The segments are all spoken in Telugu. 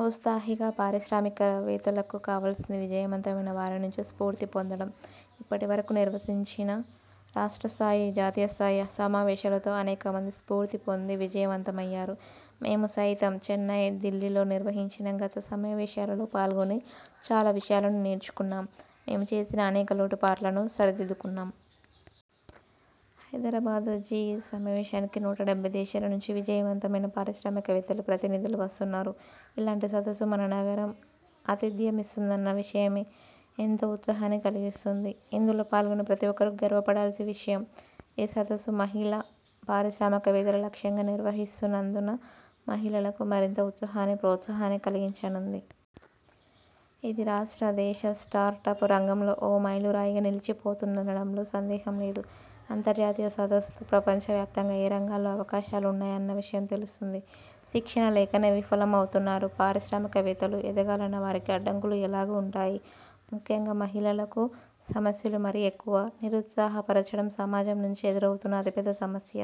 ఔత్సాహిక పారిశ్రామికవేత్తలకు కావాల్సింది విజయవంతమైన వారినుంచి స్ఫూర్తి పొందడం. ఇప్పటి వరకు నిర్వహించిన రాష్ట్రస్థాయి, జాతీయ స్థాయి సమావేశాలతో అనేకమంది స్ఫూర్తి పొంది విజయవంతమయ్యారు. మేము సైతం చెన్నై, దిల్లీలో నిర్వహించిన గత సమావేశాల్లో పాల్గొని చాలా విషయాలను నేర్చుకున్నాం. మేము చేసిన అనేక లోటు పాట్లను సరిదిద్దుకున్నాం. హైదరాబాద్ జిఈస్ సమావేశానికి నూట డెబ్బై దేశాలనుంచి విజయవంతమైన పారిశ్రామికవేత్తలు, ప్రతినిధులు వస్తున్నారు. ఇలాంటి సదస్సు మన నగరం ఆతిథ్యమిస్తుందన్న విషయమే ఎంతో ఉత్సాహాన్ని కలిగిస్తోంది. ఇందులో పాల్గొనే ప్రతి ఒక్కరూ గర్వపడాల్సిన విషయం. ఈ సదస్సు మహిళా పారిశ్రామికవేత్తలే లక్ష్యంగా నిర్వహిస్తున్నందున మహిళలకు మరింత ఉత్సాహాన్ని, ప్రోత్సాహాన్ని కలిగించనుంది. ఇది రాష్ట్ర, దేశ స్టార్టప్ రంగంలో ఓ మైలురాయిగా నిలిచిపోతుందనడంలో సందేహం లేదు. అంతర్జాతీయ సదస్సుతో ప్రపంచవ్యాప్తంగా ఏ రంగాల్లో అవకాశాలున్నాయన్న విషయం తెలుస్తుంది. శిక్షణ లేకనే విఫలమవుతున్నారు .పారిశ్రామికవేత్తలుగా ఎదగాలన్న వారికి అడ్డంకులు ఎలాగూ ఉంటాయి. ముఖ్యంగా మహిళలకు సమస్యలు మరీ ఎక్కువ. నిరుత్సాహపరచడం సమాజం నుంచి ఎదురవుతున్న అతిపెద్ద సమస్య.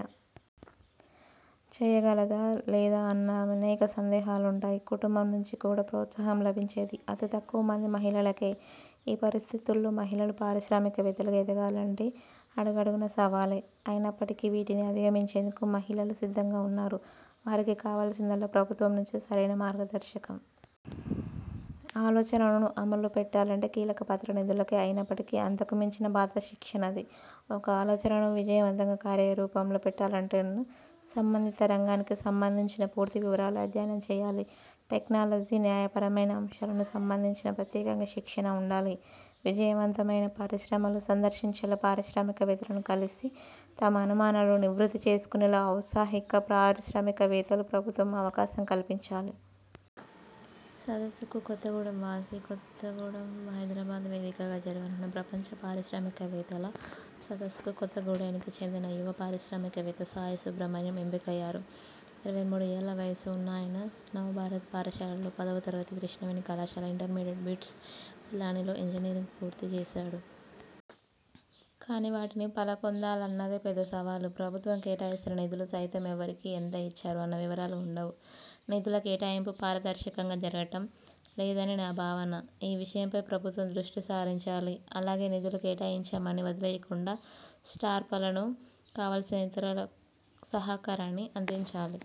చేయగలదా లేదా అన్న అనేక సందేహాలుంటాయి. కుటుంబం నుంచి కూడా ప్రోత్సాహం లభించేది అతి తక్కువ మంది మహిళలకే. ఈ పరిస్థితుల్లో మహిళలు పారిశ్రామికవేత్తలుగా ఎదగాలంటే అడుగడుగునా సవాళ్లే. అయినప్పటికీ వీటిని అధిగమించేందుకు మహిళలు సిద్ధంగా ఉన్నారు. వారికి కావాల్సిందల్లా ప్రభుత్వం నుంచి సరైన మార్గదర్శకం. ఆలోచనను అమల్లో పెట్టాలంటే కీలకపాత్ర నిధులదే అయినప్పటికీ అంతకుమించిన పాత్ర శిక్షణది. ఒక ఆలోచనను విజయవంతంగా కార్యరూపంలో పెట్టాలంటే సంబంధిత రంగానికి సంబంధించిన పూర్తి వివరాలు అధ్యయనం చేయాలి. టెక్నాలజీ, న్యాయపరమైన అంశాలకు సంబంధించి ప్రత్యేకంగా శిక్షణ ఉండాలి. విజయవంతమైన పరిశ్రమలు సందర్శించేలా, పారిశ్రామికవేత్తలను కలిసి తమ అనుమానాలు నివృత్తి చేసుకునేలా ఔత్సాహిక పారిశ్రామికవేత్తలు ప్రభుత్వం అవకాశం కల్పించాలి. సదస్సుకు కొత్తగూడెం వాసి కొత్తగూడెం హైదరాబాద్ వేదికగా జరగనున్న ప్రపంచ పారిశ్రామికవేత్తల సదస్సుకు కొత్తగూడేనికి చెందిన యువ పారిశ్రామికవేత్త సాయి సుబ్రమణ్యం ఎంపికయ్యారు. ఇరవై మూడు ఏళ్ల వయస్సు ఉన్న ఆయన నవభారత్ పాఠశాలలో పదో తరగతి, కృష్ణవేణి కళాశాలలో ఇంటర్మీడియట్, బిట్స్ పిలానీలో ఇంజనీరింగ్ పూర్తిచేశాడు. కానీ వాటిని పలా పొందాలన్నదే పెద్ద సవాల్. ప్రభుత్వం కేటాయిస్తున్న నిధులు సైతం ఎవరికి, ఎంత ఇచ్చారు అన్న వివరాలు ఉండవు. నిధుల కేటాయింపు పారదర్శకంగా జరగటం లేదని నా భావన. ఈ విషయంపై ప్రభుత్వం దృష్టి సారించాలి. అలాగే నిధులు కేటాయించమని వదిలేయకుండా స్టార్ట్పలకు కావాల్సిన ఇతర సహకారాన్నీ అందించాలి.